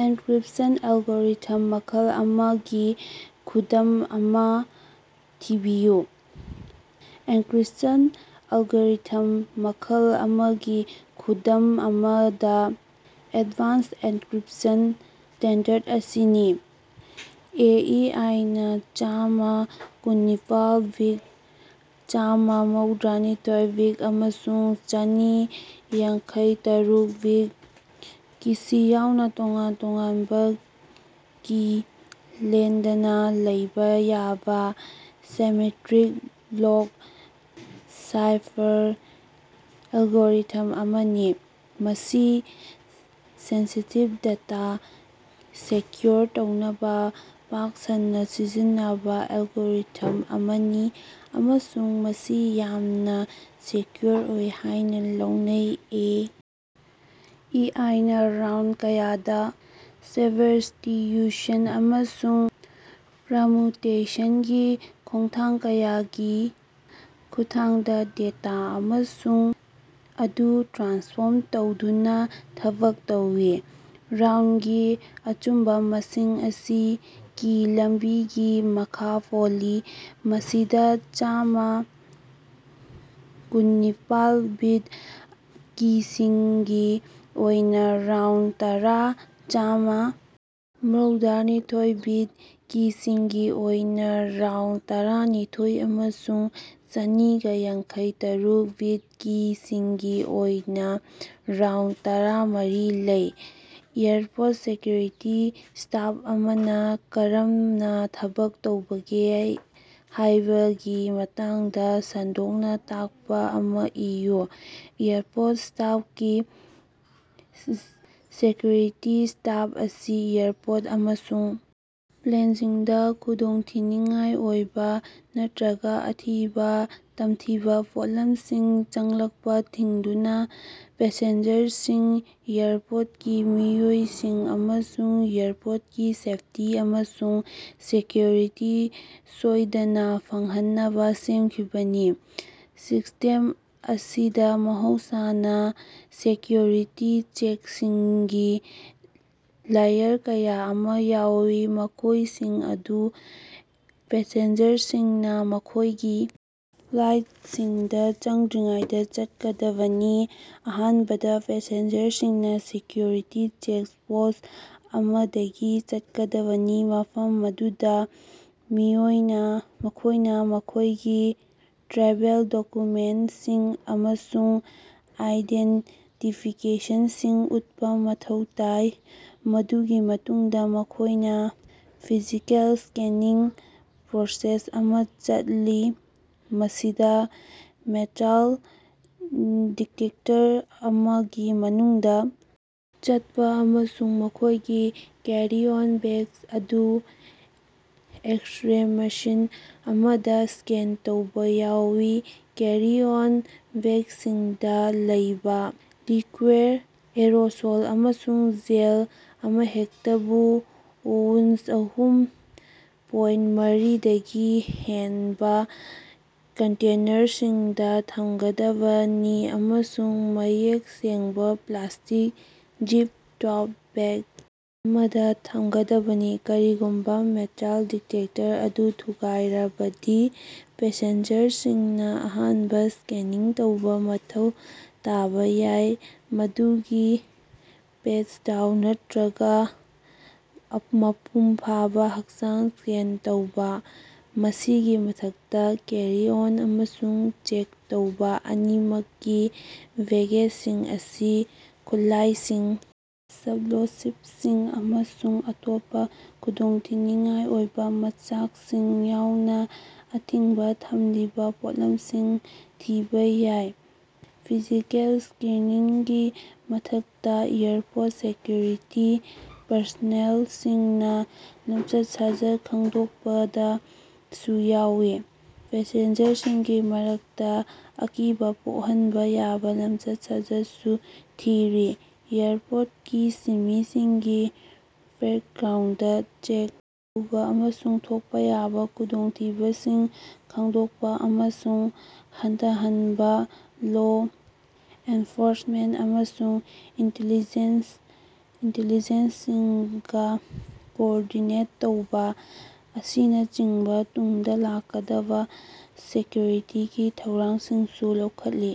Encryption algorithm ꯃꯈꯜ ꯑꯃꯒꯤ ꯈꯨꯗꯝ ꯑꯃꯥ ꯊꯤꯕꯤꯌꯨ꯫ ꯑꯦꯟꯀ꯭ꯔꯤꯞꯁꯟ ꯑꯦꯂꯒꯣꯔꯤꯊꯝ ꯃꯈꯜ ꯑꯃꯒꯤ ꯈꯨꯗꯝ ꯑꯃꯗ ꯑꯦꯗꯚꯥꯟꯁ ꯑꯦꯟꯀ꯭ꯔꯤꯞꯁꯟ ꯁ꯭ꯇꯦꯟꯗꯔꯗ ꯑꯁꯤꯅꯤ꯫ ꯑꯦ. ꯏ. ꯑꯦꯁ. ꯅꯥ ꯆꯥꯝꯃ ꯀꯨꯟꯅꯤꯄꯥꯜꯕꯤꯠ, ꯆꯥꯝꯃ ꯃꯧꯗ꯭ꯔꯥꯅꯤꯊꯣꯏ-ꯕꯤꯠ, ꯑꯃꯁꯨꯡ ꯆꯥꯅꯤ ꯌꯥꯡꯈꯩꯇꯔꯨꯛ-ꯕꯤꯠ ꯀꯤꯁꯤꯡ ꯌꯥꯎꯅ ꯇꯣꯉꯥꯟ ꯇꯣꯉꯥꯟꯕ ꯀꯤ ꯂꯦꯡꯗꯅ ꯂꯩꯕ ꯌꯥꯕ ꯁꯤꯃꯦꯇ꯭ꯔꯤꯛ ꯕ꯭ꯂꯣꯛ ꯁꯥꯏꯐꯔ ꯑꯦꯂꯒꯣꯔꯤꯊꯝ ꯑꯃꯅꯤ꯫ ꯃꯁꯤ ꯁꯦꯟꯁꯤꯇꯤꯞ ꯗꯦꯇꯥ ꯁꯦꯀ꯭ꯌꯨꯔ ꯇꯧꯅꯕ ꯄꯥꯛ ꯁꯟꯅ ꯁꯤꯖꯤꯟꯅꯕ ꯑꯦꯂꯒꯣꯔꯤꯊꯝ ꯑꯃꯅꯤ ꯑꯃꯁꯨꯡ ꯃꯁꯤ ꯌꯥꯝꯅ ꯁꯦꯀ꯭ꯌꯨꯔ ꯑꯣꯏ ꯍꯥꯏꯅ ꯂꯧꯅꯩ꯫ ꯑꯦ. ꯏ. ꯑꯦꯁ. ꯅ ꯔꯥꯎꯟꯗ ꯀꯌꯥꯗ ꯁꯕ꯭ꯁꯇꯤꯇ꯭ꯌꯨꯁꯟ ꯑꯃꯁꯨꯡ ꯄ꯭ꯔꯃꯨꯇꯦꯁꯟꯒꯤ ꯈꯣꯡꯊꯥꯡ ꯀꯌꯥꯒꯤ ꯈꯨꯠꯊꯥꯡꯗ ꯗꯦꯇꯥ ꯑꯃꯁꯨꯡ ꯑꯗꯨ ꯇ꯭ꯔꯥꯟꯁꯐ꯭ꯣꯔꯝ ꯇꯧꯗꯨꯅ ꯊꯕꯛ ꯇꯧꯏ꯫ ꯔꯥꯎꯟꯗꯒꯤ ꯑꯆꯨꯝꯕꯥ ꯃꯁꯤꯡ ꯑꯁꯤ ꯀꯤ ꯂꯝꯕꯤꯒꯤ ꯃꯈꯥ ꯄꯣꯜꯂꯤ, ꯃꯁꯤꯗꯥ ꯆꯥꯝꯃ ꯀꯨꯟꯅꯤꯄꯥꯜ-ꯕꯤꯠ ꯀꯤꯁꯤꯡꯒꯤ ꯑꯣꯏꯅ ꯔꯥꯎꯟꯗ ꯇꯔꯥ, ꯆꯥꯝꯃ ꯃꯧꯗ꯭ꯔꯥꯅꯤꯊꯣꯏ-ꯕꯤꯠ ꯀꯤꯁꯤꯡꯒꯤ ꯑꯣꯏꯅ ꯔꯥꯎꯟꯗ ꯇꯔꯥꯅꯤꯊꯣꯏꯑꯃꯁꯨꯡ ꯆꯅꯤꯒ ꯌꯥꯡꯈꯩ ꯇꯔꯨꯛ-ꯕꯤꯠ ꯀꯤꯁꯤꯡꯒꯤ ꯑꯣꯏꯅꯥ ꯔꯥꯎꯟꯗ ꯇꯔꯥ ꯃꯔꯤ ꯂꯩ꯫ ꯑꯦꯌꯔꯄꯣꯔꯠ ꯁꯦꯀ꯭ꯌꯨꯔꯤꯇꯤ ꯁꯤꯁ꯭ꯇꯦꯝ ꯑꯃꯅ ꯀꯔꯝꯅꯥ ꯊꯕꯛ ꯇꯧꯕꯒꯦ ꯍꯥꯏꯕꯒꯤ ꯃꯇꯥꯡꯗꯥ ꯁꯟꯗꯣꯛꯅꯥ ꯇꯥꯛꯄꯥ ꯑꯃꯥ ꯏꯌꯨ꯫ ꯑꯦꯌꯔꯄꯣꯔꯠ ꯁꯦꯀ꯭ꯌꯨꯔꯤꯇꯤ ꯁꯤꯁ꯭ꯇꯦꯝ ꯑꯁꯤ ꯑꯦꯌꯔꯄꯣꯔꯠꯇ ꯑꯃꯁꯨꯡ ꯄ꯭ꯂꯦꯟꯁꯤꯡꯗ ꯈꯨꯗꯣꯡꯊꯤꯅꯤꯡꯉꯥꯏ ꯑꯣꯏꯕ ꯅꯠꯇꯔꯒ ꯑꯊꯤꯕ ꯊꯝꯊꯤꯕ ꯄꯣꯠꯂꯝꯁꯤꯡ ꯆꯪꯂꯛꯄ ꯊꯤꯡꯗꯨꯅ ꯄꯦꯁꯦꯟꯖꯔꯁꯤꯡ, ꯑꯦꯌꯔꯄꯣꯔꯠꯀꯤ ꯃꯤꯑꯣꯏꯁꯤꯡ, ꯑꯃꯁꯨꯡ ꯑꯦꯌꯔꯀ꯭ꯔꯥꯐꯀꯤ ꯁꯦꯐꯇꯤ ꯑꯃꯁꯨꯡ ꯁꯦꯀꯌꯨꯔꯤꯇꯤ ꯁꯣꯏꯗꯅ ꯐꯪꯍꯟꯅꯕ ꯁꯦꯝꯈꯤꯕꯅꯤ꯫ ꯁꯤꯁ꯭ꯇꯦꯝ ꯑꯁꯤꯗ ꯃꯍꯧꯁꯥꯅ ꯁꯦꯀꯌꯨꯔꯤꯇꯤ ꯆꯦꯛꯁꯤꯡꯒꯤ ꯂꯦꯌꯔ ꯀꯌꯥ ꯑꯃ ꯌꯥꯎꯏ, ꯃꯈꯣꯏꯁꯤꯡ ꯑꯗꯨ ꯄꯦꯁꯦꯟꯖꯔꯁꯤꯡꯅ ꯃꯈꯣꯏꯒꯤ ꯐ꯭ꯂꯥꯏꯠꯁꯤꯡꯗ ꯆꯪꯗ꯭ꯔꯤꯉꯩꯗ ꯆꯠꯀꯗꯕꯅꯤ꯫ ꯑꯍꯥꯟꯕꯗ, ꯄꯦꯁꯦꯟꯖꯔꯁꯤꯡꯅ ꯁꯦꯀ꯭ꯌꯨꯔꯤꯇꯤ ꯆꯦꯛꯄꯣꯏꯟꯠ ꯑꯃꯗꯒꯤ ꯆꯠꯀꯗꯕꯅꯤ, ꯃꯐꯝ ꯑꯗꯨꯗ ꯃꯈꯣꯏꯅ ꯃꯈꯣꯏꯒꯤ ꯇ꯭ꯔꯥꯚꯦꯜ ꯗꯣꯛꯀꯨꯃꯦꯟꯠꯁꯤꯡ ꯑꯃꯁꯨꯡ ꯑꯥꯏꯗꯦꯟꯇꯤꯐꯤꯀꯦꯁꯟꯁꯤꯡ ꯎꯠꯄ ꯃꯊꯧ ꯇꯥꯏ꯫ ꯃꯗꯨꯒꯤ ꯃꯇꯨꯡꯗ, ꯃꯈꯣꯏꯅ ꯐꯤꯖꯤꯀꯦꯜ ꯁ꯭ꯀꯔꯤꯅꯤꯡ ꯄ꯭ꯔꯣꯁꯦꯁ ꯑꯃ ꯆꯠꯂꯤ, ꯃꯁꯤꯗ ꯃꯦꯇꯥꯜ ꯗꯤꯇꯦꯛꯇꯔ ꯑꯃꯒꯤ ꯃꯅꯨꯡꯗꯥ ꯆꯠꯄ ꯑꯃꯁꯨꯡ ꯃꯈꯣꯏꯒꯤ ꯀꯦꯔꯤ-ꯑꯣꯟ ꯕꯦꯒ ꯑꯗꯨ ꯑꯦꯛꯁ-ꯔꯦ ꯃꯦꯁꯤꯟ ꯑꯃꯅ ꯁ꯭ꯀꯦꯟ ꯇꯧꯕ ꯌꯥꯎꯏ꯫ ꯀꯦꯔꯤ-ꯑꯣꯟ ꯕꯦꯒꯁꯤꯡꯗ ꯂꯩꯕ ꯂꯤꯀ꯭ꯌꯨꯏꯗ, ꯑꯦꯔꯣꯁꯣꯜ ꯑꯃꯁꯨꯡ ꯖꯦꯜ ꯑꯃꯍꯦꯛꯇꯕꯨ ꯑꯎꯟꯁꯑꯍꯨꯝ ꯄꯣꯏꯟ ꯃꯔꯤ ꯗꯒꯤ ꯍꯦꯟꯕ ꯀꯟꯇꯦꯅꯔꯁꯤꯡꯗ ꯊꯝꯒꯗꯕꯅꯤ ꯑꯃꯁꯨꯡ ꯃꯌꯦꯛ ꯁꯦꯡꯕ, ꯄ꯭ꯂꯥꯁ꯭ꯇꯤꯛ, ꯖꯤꯞ-ꯇꯣꯞ ꯕꯦꯒ ꯑꯃꯗ ꯊꯝꯒꯗꯕꯅꯤ꯫ ꯀꯔꯤꯒꯨꯝꯕ ꯃꯦꯇꯥꯜ ꯗꯤꯇꯦꯛꯇꯔ ꯑꯗꯨ ꯊꯨꯒꯥꯏꯔꯕꯗꯤ, ꯄꯦꯁꯦꯟꯖꯔꯁꯤꯡꯅ ꯑꯍꯦꯟꯕꯥ ꯁ꯭ꯀꯔꯤꯅꯤꯡ ꯇꯧꯕ ꯃꯊꯧ ꯇꯥꯕ ꯌꯥꯏ, ꯃꯗꯨꯗꯤ ꯄꯦꯠ-ꯗꯥꯎꯟ ꯅꯠꯇꯔꯒ ꯃꯄꯨꯡ ꯐꯥꯕ ꯍꯛꯆꯥꯡ ꯁ꯭ꯀꯦꯟ ꯇꯧꯕ꯫ ꯃꯁꯤꯒꯤ ꯃꯊꯛꯇ, ꯀꯦꯔꯤ ꯑꯣꯟ ꯑꯃꯁꯨꯡ ꯆꯦꯛ ꯇꯧꯕꯥ ꯑꯅꯤꯃꯛꯀꯤ ꯕꯦꯒꯦꯖꯁꯤꯡ ꯑꯁꯤ ꯈꯨꯠꯂꯥꯏꯁꯤꯡ, ꯑꯦꯛꯁꯞꯂꯣꯁꯤꯚꯁꯤꯡ ꯑꯃꯁꯨꯡ ꯑꯇꯣꯞꯄꯥ ꯈꯨꯗꯣꯡꯊꯤꯅꯤꯡꯉꯥꯏ ꯑꯣꯏꯕ ꯃꯆꯥꯛꯁꯤꯡ ꯌꯥꯎꯅ ꯑꯊꯤꯡꯕ ꯊꯝꯂꯤꯕ ꯄꯣꯠꯂꯝꯁꯤꯡ ꯊꯤꯕ ꯌꯥꯏ꯫ ꯐꯤꯖꯤꯀꯦꯜ ꯁ꯭ꯀꯔꯤꯅꯤꯡꯒꯤ ꯃꯊꯛꯇ, ꯑꯦꯌꯔꯄꯣꯔꯠ ꯁꯦꯀ꯭ꯌꯨꯔꯤꯇꯤ ꯄꯔꯁꯣꯅꯦꯜꯁꯤꯡꯅ ꯂꯝꯆꯠ-ꯁꯥꯖꯠ ꯈꯪꯗꯣꯛꯄꯗꯁꯨ ꯌꯥꯎꯏ, ꯄꯦꯁꯦꯟꯖꯔꯁꯤꯡꯒꯤ ꯃꯔꯛꯇ ꯑꯀꯤꯕ ꯄꯣꯛꯍꯟꯕ ꯌꯥꯕꯥ ꯂꯝꯆꯠ-ꯁꯥꯖꯠ ꯁꯨ ꯊꯤꯔꯤ꯫ ꯑꯦꯌꯔꯄꯣꯔꯠꯀꯤ ꯁꯤꯟꯃꯤꯁꯤꯡꯒꯤ ꯕꯦꯀꯒ꯭ꯔꯥꯎꯟꯗ ꯆꯦꯛ ꯇꯧꯕ ꯑꯃꯁꯨꯡ ꯊꯣꯛꯄ ꯌꯥꯕ ꯈꯨꯗꯣꯡꯊꯤꯕꯁꯤꯡ ꯈꯪꯗꯣꯛꯄ ꯑꯃꯁꯨꯡ ꯍꯟꯊꯍꯟꯅꯕ ꯂꯣ ꯑꯦꯟꯐꯣꯔꯁꯃꯦꯟꯠ ꯑꯃꯁꯨꯡ ꯏꯟꯇꯤꯂꯤꯖꯦꯟꯁ ꯑꯦꯖꯦꯟꯁꯤꯁꯤꯡꯒ ꯀꯣꯑꯣꯔꯗꯤꯅꯦꯁꯟ ꯇꯧꯕ ꯑꯁꯤꯅꯆꯤꯡꯕ ꯇꯨꯡꯗ ꯂꯥꯛꯀꯗꯕ ꯁꯦꯀ꯭ꯌꯨꯔꯤꯇꯤꯒꯤ ꯊꯧꯔꯥꯡꯁꯤꯡꯁꯨ ꯂꯧꯈꯠꯂꯤ꯫